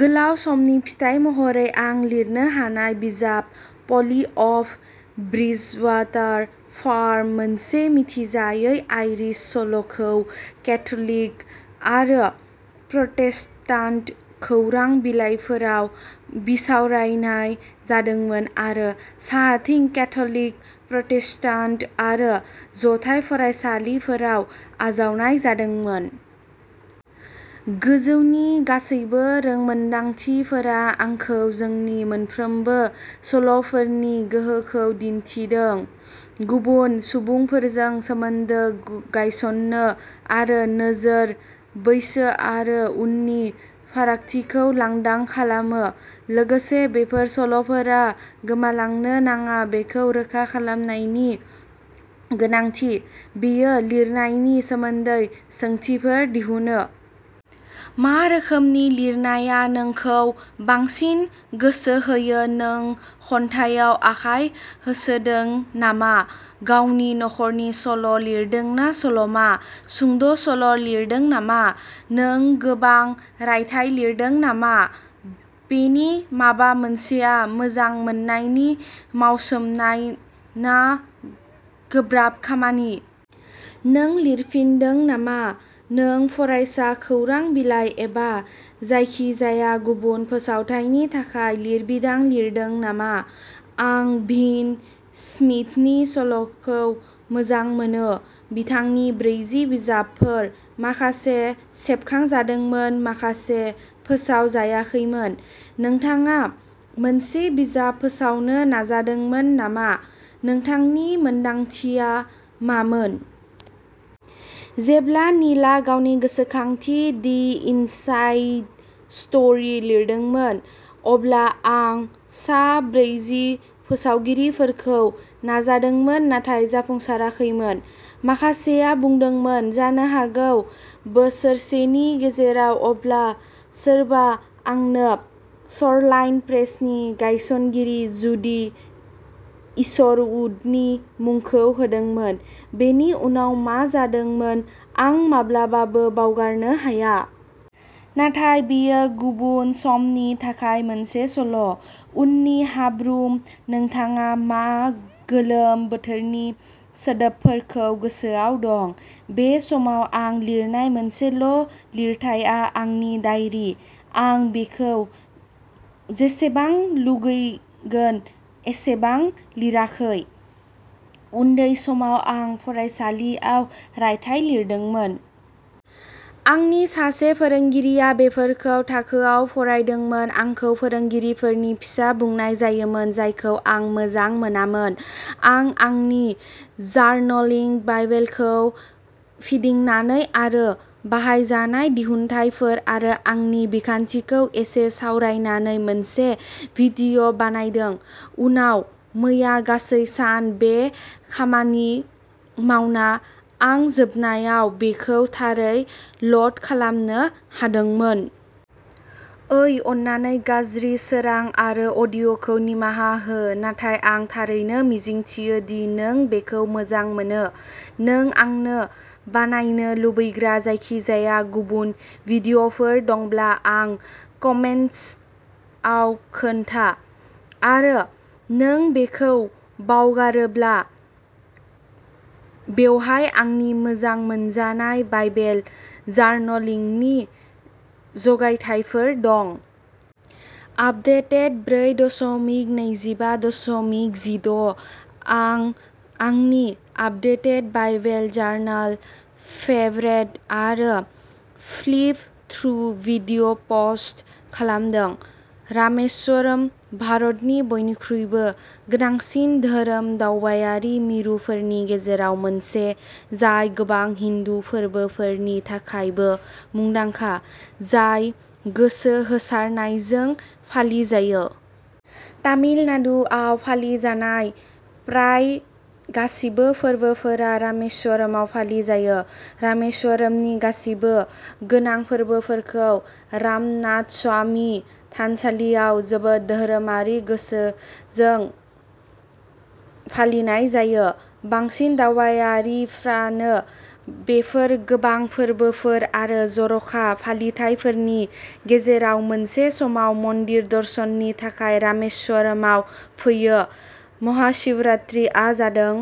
गोलाव समनि फिथाइ महरै आं लिरनो हानाय बिजाब, पलि अफ ब्रिजवाटार फार्म मोनसे मिथिजायै आइरिश सल' खौ केथ'लिक आरो प्रटेस्टान्ट खौरां बिलाइफोराव बिसावरायनाय जादोंमोन आरो साहाथिं केथ'लिक, प्रटेस्टान्ट आरो जथाय फरायसालिफोराव आजावनाय जादोंमोन। गोजौनि गासैबो रोंमोनदांथिफोरा आंखौ जोंनि मोनफ्रोमबो सल'फोरनि गोहोखौ दिन्थिदों, गुबुन सुबुंफोरजों सोमोन्दो गायसन्नो, आरो नोजोर, बैसो आरो उनननि फारागथिखौ लांदां खालामो। लोगोसे बेफोर सल'फोरा गोमालांनो नाङा बेखौ रोखा खालामनायनि गोनांथि। बेयो लिरनायनि सोमोन्दै सोंथिफोर दिहुनो। मा रोखोमनि लिरनाया नोंखौ बांसिन गोसो होयो नों खन्थाइयाव आखाइ होसोदों नामा गावनि नखरनि सल' लिरदों ना सल'मा? सुंद' सल' लिरदों नामा? नों गोबां रायथाइ लिरदों नामा? बेनि माबा मोनसेआ मोजां मोननायनि मावसोमनाय ना गोब्राब खामानि? नों लिरफिनदों नामा? नों फरायसा खौरां बिलाइ एबा जायखिजाया गुबुन फोसावथायनि थाखाय लिरबिदां लिरदों नामा? आं भिन स्मिथनि सल'खौ मोजां मोनो। बिथांनि ब्रैजि बिजाबफोर, माखासे सेबखांजादोंमोन, माखासे फोसावजायाखैमोन। नोंथाङा मोनसे बिजाब फोसावनो नाजादोंमोन नामा, नोंथांनि मोन्दांथिया मामोन? जेब्ला नीलआ गावनि गोसोखांथि, दि इनसाइड स्ट'री लिरदोंमोन, अब्ला आं सा ब्रैजि फोसावगिरिफोरखौ नाजादोंमोन नाथाय जाफुंसाराखैमोन। माखासेया बुंदोंमोन जानो हागौ बोसोरसेनि गेजेराव अब्ला सोरबा आंनो श'रलाइन प्रेसनि गायसनगिरि जुडी इशरवुडनि मुंखौ होदोंमोन। बेनि उनाव मा जादोंमोन आं माब्लाबाबो बावगारनो हाया। नाथाय बेयो गुबुन समनि थाखाय मोनसे सल'। उननि हाब्रुम नोंथाङा मा गोलोम बोथोरनि सोदोबफोरखौ गोसोआव दं? बे समाव आं लिरनाय मोनसेल' लिरथाइआ आंनि डायरि। आं बेखौ जेसेबां लुगैगोन एसेबां लिराखै। उन्दै समाव आं फरायसालिआव रायथाइ लिरदोंमोन। आंनि सासे फोरोंगिरिआ बेफोरखौ थाखोयाव फरायदोंमोन। आंखौ फोरोंगिरिफोरनि फिसा बुंनाय जायोमोन जायखौ आं मोजां मोनामोन। आं आंनि जार्नलिंग बाइबेलखौ फिदिंनानै आरो बाहायजानाय दिहुनथायफोर आरो आंनि बिखान्थिखौ एसे सावरायनानै मोनसे भिडिय' बानायदों। उनाव मैया गासै सान बे खामानि मावना, आं जोबनायाव बेखौ थारै ल'ड खालामनो हादोंमोन। ओइ अन्नानै गाज्रि सोरां आरो अडिय'खौ निमाहा हो, नाथाय आं थारैनो मिजिंथियो दि नों बेखौ मोजां मोनो नों आंनो बानायनो लुबैग्रा जायखिजाया गुबुन भिडिय'फोर दंब्ला आं कमेन्ट्सआव खोन्था। आरो नों बेखौ बावगारोब्ला, बेवहाय आंनि मोजां मोनजानाय बाइबेल जार्नलिंगनि जगायथायफोर दं। आपदेटेड ब्रै दशमिक नैजिबा दशमिक जिद' आं आंनि आपदेटेड बाइबेल जार्नाल फेभरेट आरो फ्लिप थ्रु भिडिय'पस्ट खालामदों रामेश्वरम, भारतनि बयनिख्रुइबो गोनांसिन धोरोम दावबायारि मिरुफोरनि गेजेराव मोनसे, जाय गोबां हिन्दु फोरबोफोरनि थाखायबो मुंदांखा, जाय गोसो होसारनायजों फालिजायो। तामिलनाडुआव फालिजानाय प्राय गासिबो फोरबोफोरा रामेश्वरमाव फालिजायो। रामेश्वरमनि गासिबो गोनां फोरबोफोरखौ रामनाथस्वामी थानसालियाव जोबोद धोरोमारि गोसोजों फालिनाय जायो। बांसिन दावबायारिफ्रानो बेफोर गोबां फोरबोफोर आरो जर'खा फालिथायफोरनि गेजेराव मोनसे समाव मन्दिर दर्शननि थाखाय रामेश्वरमाव फैयो। महाशिवरात्रिआ जादों